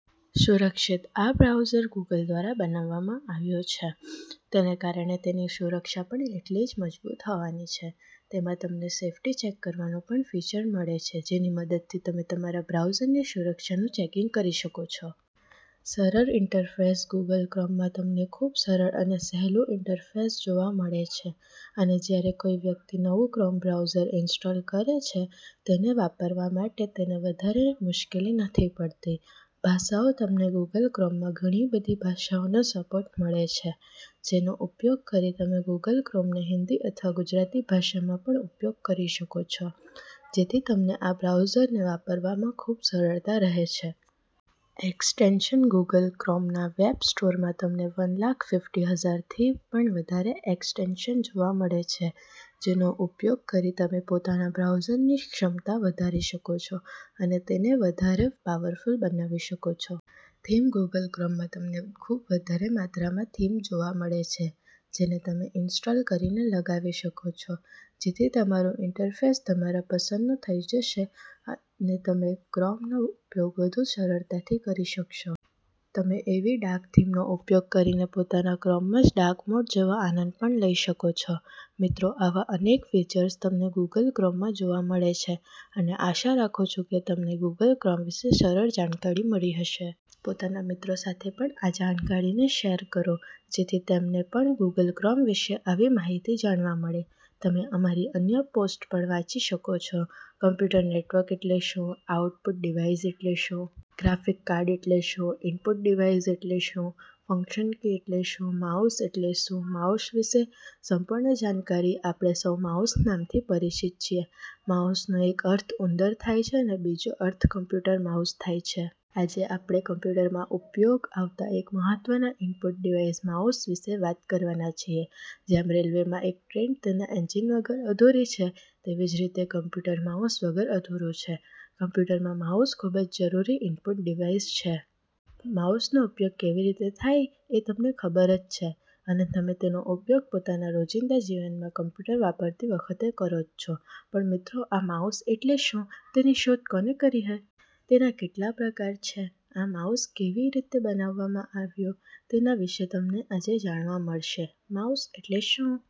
સુરક્ષિત આ browser Google દ્વારા બનાવવામાં આવ્યું છે તેને કારણે તેની સુરક્ષા પણ એટલી જ મજબૂત હોવાની છે, તેમાં તમને સેફટી ચેક કરવાનું પણ ફીચર મળે છે જેની મદદથી તમે તમારા બ્રાઉઝરની સુરક્ષાનું ચેકિંગ કરી શકો છો. સરળ ઇન્ટરફેસ ગૂગલ ક્રોમમાં તમને ખૂબ સરળ અને સહેલું ઇન્ટરફેસ જોવા મળે છે અને જ્યારે કોઈ વ્યક્તિ નવું ક્રોમ બ્રાઉઝર ઇન્સ્ટોલ કરે છે તેને વાપરવા માટે તેને વધારે મુશ્કેલી નથી પડતી. ભાષાઓ તમને ગૂગલ ક્રોમમાં ઘણી બધી ભાષાઓનો સપોર્ટ મળે છે જેનો ઉપયોગ કરી તમે ગૂગલ ક્રોમને હિન્દી અથવા ગુજરાતી ભાષામાં પણ ઉપયોગ કરી શકો છો જેથી તમને આ બ્રાઉઝરને વાપરવામાં ખૂબ સરળતા રહે છે. એક્સટેન્શન ગૂગલ ક્રોમના વેબ સ્ટોરમાં તમને વન લાખ ફિફ્ટી હજારથી પણ વધારે એક્સટેન્શન જોવા મળે છે જેનો ઉપયોગ કરી તમે પોતાના બ્રાઉઝરની ક્ષમતા વધારી શકો છો અને તેને વધારે પાવરફુલ બનાવી શકો છો. થીમ ગૂગલ ક્રોમમાં તમને ખૂબ વધારે માત્રામાં થીમ જોવા મળે છે જેને તમે ઇન્સ્ટોલ કરીને લગાવી શકો છો જેથી તમારું ઇન્ટરફેસ તમારા પસંદનું થઈ જશે અને તમે ક્રોમનો ઉપયોગ વધુ સરળતાથી કરી શકશો. તમે એવી ડાર્ક થીમનો ઉપયોગ કરીને પોતાના ક્રોમમાં જ ડાર્ક મોડ જેવો આનંદ પણ લઈ શકો છો. મિત્રો આવા અનેક ફીચર્સ તમને ગૂગલ ક્રોમમાં જોવા મળે છે અને આશા રાખું છુ કે તમને ગૂગલ ક્રોમ વિશે સરળ જાણકારી મળી હશે. પોતાના મિત્રો સાથે પણ આ જાણકારીને શેર કરો જેથી તેમને પણ ગૂગલ ક્રોમ વિશે આવી માહિતી જાણવા મળે. તમે અમારી અન્ય પોસ્ટ પણ વાંચી શકો છો. કમ્પ્યુટર નેટવર્ક એટલે શું? આઉટપુટ ડિવાઇસ એટલે શું? ગ્રાફિક કાર્ડ એટલે શું? ઈનપુટ ડિવાઇસ એટલે શું? ફંક્શન કી શું હોય છે? માઉસ એટલે શું? માઉસ વિશે સંપૂર્ણ જાણકારી આપણે સૌ માઉસ નામથી પરિચિત છીએ, માઉસનો એક અર્થ ઉંદર થાય અને બીજો અર્થ કમ્પ્યુટર માઉસ થાય છે. આજે આપણે કમ્પ્યુટરમાં ઉપયોગ આવતા એક મહત્વના ઈનપુટ ડિવાઇસ માઉસ વિશે વાત કરવાના છીએ. જેમ રેલ્વેમાં એક ટ્રેન તેના એંજિન વગર અધૂરી છે તેવી જ રીતે કમ્પ્યુટર માઉસ વગર અધૂરું છે. કમ્પ્યુટરમાં માઉસ ખૂબ જ જરૂરી ઈનપુટ ડિવાઇસ છે. માઉસનો ઉપયોગ કેવી રીતે થાય એ તમને ખબર જ છે અને તમે તેનો ઉપયોગ પોતાના રોજિંદા જીવનમાં કમ્પ્યુટર વાપરતી વખતે કરો જ છો, પણ મિત્રો આ માઉસ એટલે શું? તેની શોધ કોને કરી? તેના કેટલા પ્રકાર છે? આ માઉસ કેવી રીતે બનાવવામાં આવ્યું? તેના વિશે તમને આજે જાણવા મળશે. માઉસ એટલે શું?